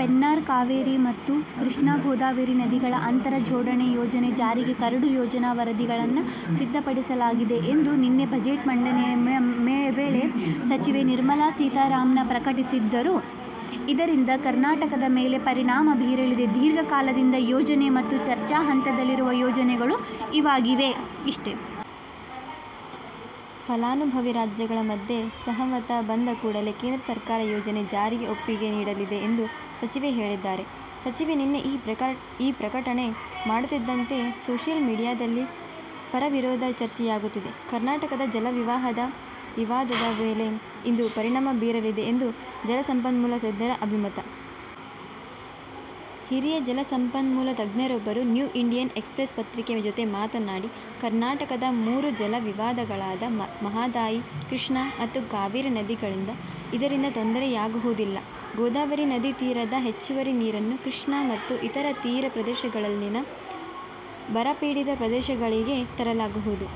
ಪೆನ್ನಾರ್-ಕಾವೇರಿ ಮತ್ತು ಕೃಷ್ಣಾ-ಗೋದಾವರಿ ನದಿಗಳ ಅಂತರ ಜೋಡಣೆ ಯೋಜನೆ ಜಾರಿಗೆ ಕರಡು ಯೋಜನಾ ವರದಿಗಳನ್ನು ಸಿದ್ದಪಡಿಸಲಾಗಿದೆ ಎಂದು ನಿನ್ನೆ ಬಜೆಟ್ ಮಂಡನೆ ವೇಳೆ ಸಚಿವೆ ನಿರ್ಮಲಾ ಸೀತಾರಾಮನ್ ಪ್ರಕಟಿಸಿದ್ದರು. ಇದರಿಂದ ಕರ್ನಾಟಕದ ಮೇಲೆ ಪರಿಣಾಮ ಬೀರಲಿದೆ. ದೀರ್ಘ ಕಾಲದಿಂದ ಯೋಜನೆ ಮತ್ತು ಚರ್ಚಾ ಹಂತದಲ್ಲಿರುವ ಯೋಜನೆಗಳು ಇವಾಗಿವೆ. ಫಲಾನುಭವಿ ರಾಜ್ಯಗಳ ಮಧ್ಯೆ ಸಹಮತ ಬಂದ ಕೂಡಲೇ ಕೇಂದ್ರ ಸರ್ಕಾರ ಯೋಜನೆ ಜಾರಿಗೆ ಒಪ್ಪಿಗೆ ನೀಡಲಿದೆ ಎಂದು ಸಚಿವೆ ಹೇಳಿದ್ದಾರೆ. ಸಚಿವೆ ನಿನ್ನೆ ಈ ಪ್ರಕಟಣೆ ಮಾಡುತ್ತಿದ್ದಂತೆ ಸೋಷಿಯಲ್ ಮೀಡಿಯಾದಲ್ಲಿ ಪರ-ವಿರೋಧ ಚರ್ಚೆಯಾಗುತ್ತಿದೆ. ಕರ್ನಾಟಕದ ಜಲ ವಿವಾದದ ಮೇಲೆ ಇದು ಪರಿಣಾಮ ಬೀರಲಿದೆ ಎಂದು ಜಲಸಂಪನ್ಮೂಲ ತಜ್ಞರ ಅಭಿಮತ. ಹಿರಿಯ ಜಲ ಸಂಪನ್ಮೂಲ ತಜ್ಞರೊಬ್ಬರು ನ್ಯೂ ಇಂಡಿಯನ್ ಎಕ್ಸ್ಪ್ರೆಸ್ ಪತ್ರಿಕೆ ಜೊತೆ ಮಾತನಾಡಿ, ಕರ್ನಾಟಕದ ಮೂರು ಜಲ ವಿವಾದಗಳಾದ ಮಹಾದಾಯಿ, ಕೃಷ್ಣ ಮತ್ತು ಕಾವೇರಿ ನದಿಗಳಿಂದ ಇದರಿಂದ ತೊಂದರೆಯಾಗುವುದಿಲ್ಲ. ಗೋದಾವರಿ ನದಿ ತೀರದ ಹೆಚ್ಚುವರಿ ನೀರನ್ನು ಕೃಷ್ಣ ಮತ್ತು ಇತರ ತೀರ ಪ್ರದೇಶಗಳಲ್ಲಿನ ಬರಪೀಡಿತ ಪ್ರದೇಶಗಳಿಗೆ ತರಲಾಗುವುದು.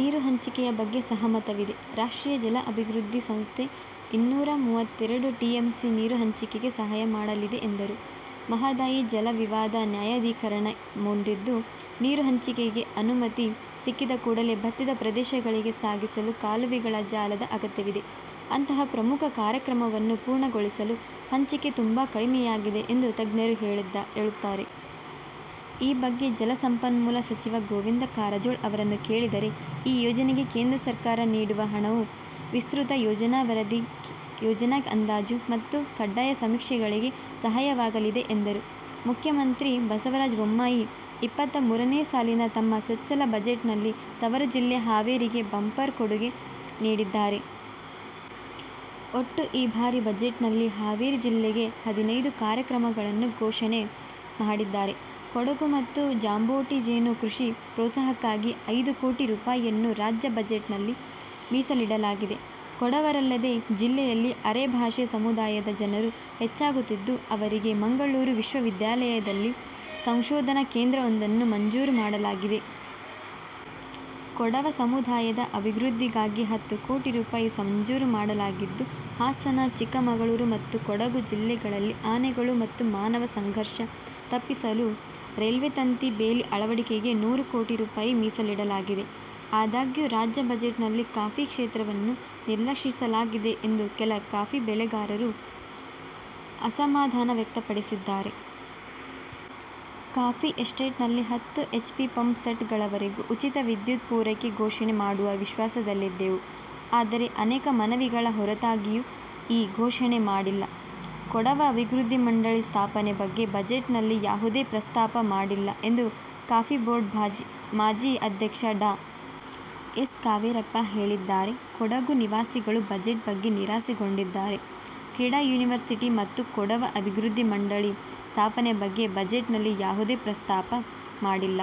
ನೀರು ಹಂಚಿಕೆಯ ಬಗ್ಗೆ ಸಹಮತವಿದೆ. ರಾಷ್ಟ್ರೀಯ ಜಲ ಅಭಿವೃದ್ಧಿ ಸಂಸ್ಥೆ ಇನ್ನೂರಾ ಮೂವತ್ತೆರಡು ಟಿಎಂಸಿ ನೀರು ಹಂಚಿಕೆಗೆ ಸಹಾಯ ಮಾಡಲಿದೆ ಎಂದರು. ಮಹಾದಾಯಿ ಜಲ ವಿವಾದ ನ್ಯಾಯಾಧೀಕರಣ ಮುಂದಿದ್ದು, ನೀರು ಹಂಚಿಕೆಗೆ ಅನುಮತಿ ಸಿಕ್ಕಿದ ಕೂಡಲೇ ಬತ್ತಿದ ಪ್ರದೇಶಗಳಿಗೆ ಸಾಗಿಸಲು ಕಾಲುವೆಗಳ ಜಾಲದ ಅಗತ್ಯವಿದೆ. ಅಂತಹ ಪ್ರಮುಖ ಕಾರ್ಯಕ್ರಮವನ್ನು ಪೂರ್ಣಗೊಳಿಸಲು ಹಂಚಿಕೆ ತುಂಬಾ ಕಡಿಮೆಯಾಗಿದೆ ಎಂದು ತಜ್ಞರು ಹೇಳುತ್ತಾರೆ. ಈ ಬಗ್ಗೆ ಜಲಸಂಪನ್ಮೂಲ ಸಚಿವ ಗೋವಿಂದ ಕಾರಜೋಳ ಅವರನ್ನು ಕೇಳಿದರೆ ಈ ಯೋಜನೆಗೆ ಕೇಂದ್ರ ಸರ್ಕಾರ ನೀಡುವ ಹಣವು ವಿಸ್ತೃತ ಯೋಜನಾ ವರದಿ, ಯೋಜನಾ ಅಂದಾಜು ಮತ್ತು ಕಡ್ಡಾಯ ಸಮೀಕ್ಷೆಗಳಿಗೆ ಸಹಾಯವಾಗಲಿದೆ ಎಂದರು. ಮುಖ್ಯಮಂತ್ರಿ ಬಸವರಾಜ ಬೊಮ್ಮಾಯಿ ಇಪ್ಪತ್ತ ಮೂರನೇ ಸಾಲಿನ ತಮ್ಮ ಚೊಚ್ಚಲ ಬಜೆಟ್ ನಲ್ಲಿ ತವರು ಜಿಲ್ಲೆ ಹಾವೇರಿಗೆ ಬಂಪರ್ ಕೊಡುಗೆ ನೀಡಿದ್ದಾರೆ. ಒಟ್ಟು ಈ ಬಾರಿಯ ಬಜೆಟ್ ನಲ್ಲಿ ಹಾವೇರಿ ಜಿಲ್ಲೆಗೆ ಹದಿನೈದು ಕಾರ್ಯಕ್ರಮಗಳನ್ನು ಘೋಷಣೆ ಮಾಡಿದ್ದಾರೆ. ಕೊಡಗು ಮತ್ತು ಜಾಂಬೋಟಿ ಜೇನು ಕೃಷಿ ಪ್ರೋತ್ಸಾಹಕ್ಕಾಗಿ ಐದು ಕೋಟಿ ರುಪಾಯಿಯನ್ನು ರಾಜ್ಯ ಬಜೆಟ್ ನಲ್ಲಿ ಮೀಸಲಿಡಲಾಗಿದೆ. ಕೊಡವರಲ್ಲದೇ, ಜಿಲ್ಲೆಯಲ್ಲಿ ಅರೆಭಾಷೆ ಸಮುದಾಯದ ಜನರು ಹೆಚ್ಚಾಗುತ್ತಿದ್ದು, ಅವರಿಗೆ ಮಂಗಳೂರು ವಿಶ್ವವಿದ್ಯಾಲಯದಲ್ಲಿ ಸಂಶೋಧನಾ ಕೇಂದ್ರವೊಂದನ್ನು ಮಂಜೂರು ಮಾಡಲಾಗಿದೆ. ಕೊಡವ ಸಮುದಾಯದ ಅಭಿವೃದ್ಧಿಗಾಗಿ ಹತ್ತು ಕೋಟಿ ರುಪಾಯಿ ಮಂಜೂರು ಮಾಡಲಾಗಿದ್ದು, ಹಾಸನ, ಚಿಕ್ಕಮಗಳೂರು ಮತ್ತು ಕೊಡಗು ಜಿಲ್ಲೆಗಳಲ್ಲಿ ಆನೆಗಳು ಮತ್ತು ಮಾನವ ಸಂಘರ್ಘ ತಪ್ಪಿಸಲು ರೈಲ್ವೆ ತಂತಿ ಬೇಲಿ ಅಳವಡಿಕೆಗೆ ನೂರು ಕೋಟಿ ರುಪಾಯಿ ಮೀಸಲಿಡಲಾಗಿದೆ. ಆದಾಗ್ಯೂ, ರಾಜ್ಯ ಬಜೆಟ್ ನಲ್ಲಿ ಕಾಫಿ ಕ್ಷೇತ್ರವನ್ನು ನಿರ್ಲಕ್ಷಿಸಲಾಗಿದೆ ಎಂದು ಕೆಲ ಕಾಫಿ ಬೆಳೆಗಾರರು ಅಸಮಾಧಾನ ವ್ಯಕ್ತಪಡಿಸಿದ್ದಾರೆ. ಕಾಫಿ ಎಸ್ಟೇಟ್ ನಲ್ಲಿ ಹತ್ತು ಹೆಚ್ ಪಿ ಪಂಪ್ ಸೆಟ್ ಗಳವರೆಗೂ ಉಚಿತ ವಿದ್ಯುತ್ ಪೂರೈಕೆ ಘೋಷಣೆ ಮಾಡುವ ವಿಶ್ವಾಸದಲ್ಲಿದ್ದೆವು. ಆದರೆ, ಅನೇಕ ಮನವಿಗಳ ಹೊರತಾಗಿಯೂ ಈ ಘೋಷಣೆ ಮಾಡಿಲ್ಲ, ಕೊಡವ ಅಭಿವೃದ್ಧಿ ಮಂಡಳಿ ಸ್ಥಾಪನೆ ಬಗ್ಗೆ ಬಜೆಟ್ ನಲ್ಲಿ ಯಾವುದೇ ಪ್ರಸ್ತಾಪ ಮಾಡಿಲ್ಲ ಎಂದು ಕಾಫಿ ಬೋರ್ಡ್ ಮಾಜಿ ಅಧ್ಯಕ್ಷ ಡಾ. ಎಸ್. ಕಾವೇರಪ್ಪ ಹೇಳಿದ್ದಾರೆ. ಕೊಡಗು ನಿವಾಸಿಗಳು ಬಜೆಟ್ ಬಗ್ಗೆ ನಿರಾಸೆಗೊಂಡಿದ್ದಾರೆ. ಕ್ರೀಡಾ ಯೂನಿವರ್ಸಿಟಿ ಮತ್ತು ಕೊಡವ ಅಭಿವೃದ್ಧಿ ಮಂಡಳಿ ಸ್ಥಾಪನೆ ಬಗ್ಗೆ ಬಜೆಟ್ ನಲ್ಲಿ ಯಾವುದೇ ಪ್ರಸ್ತಾಪ ಮಾಡಿಲ್ಲ.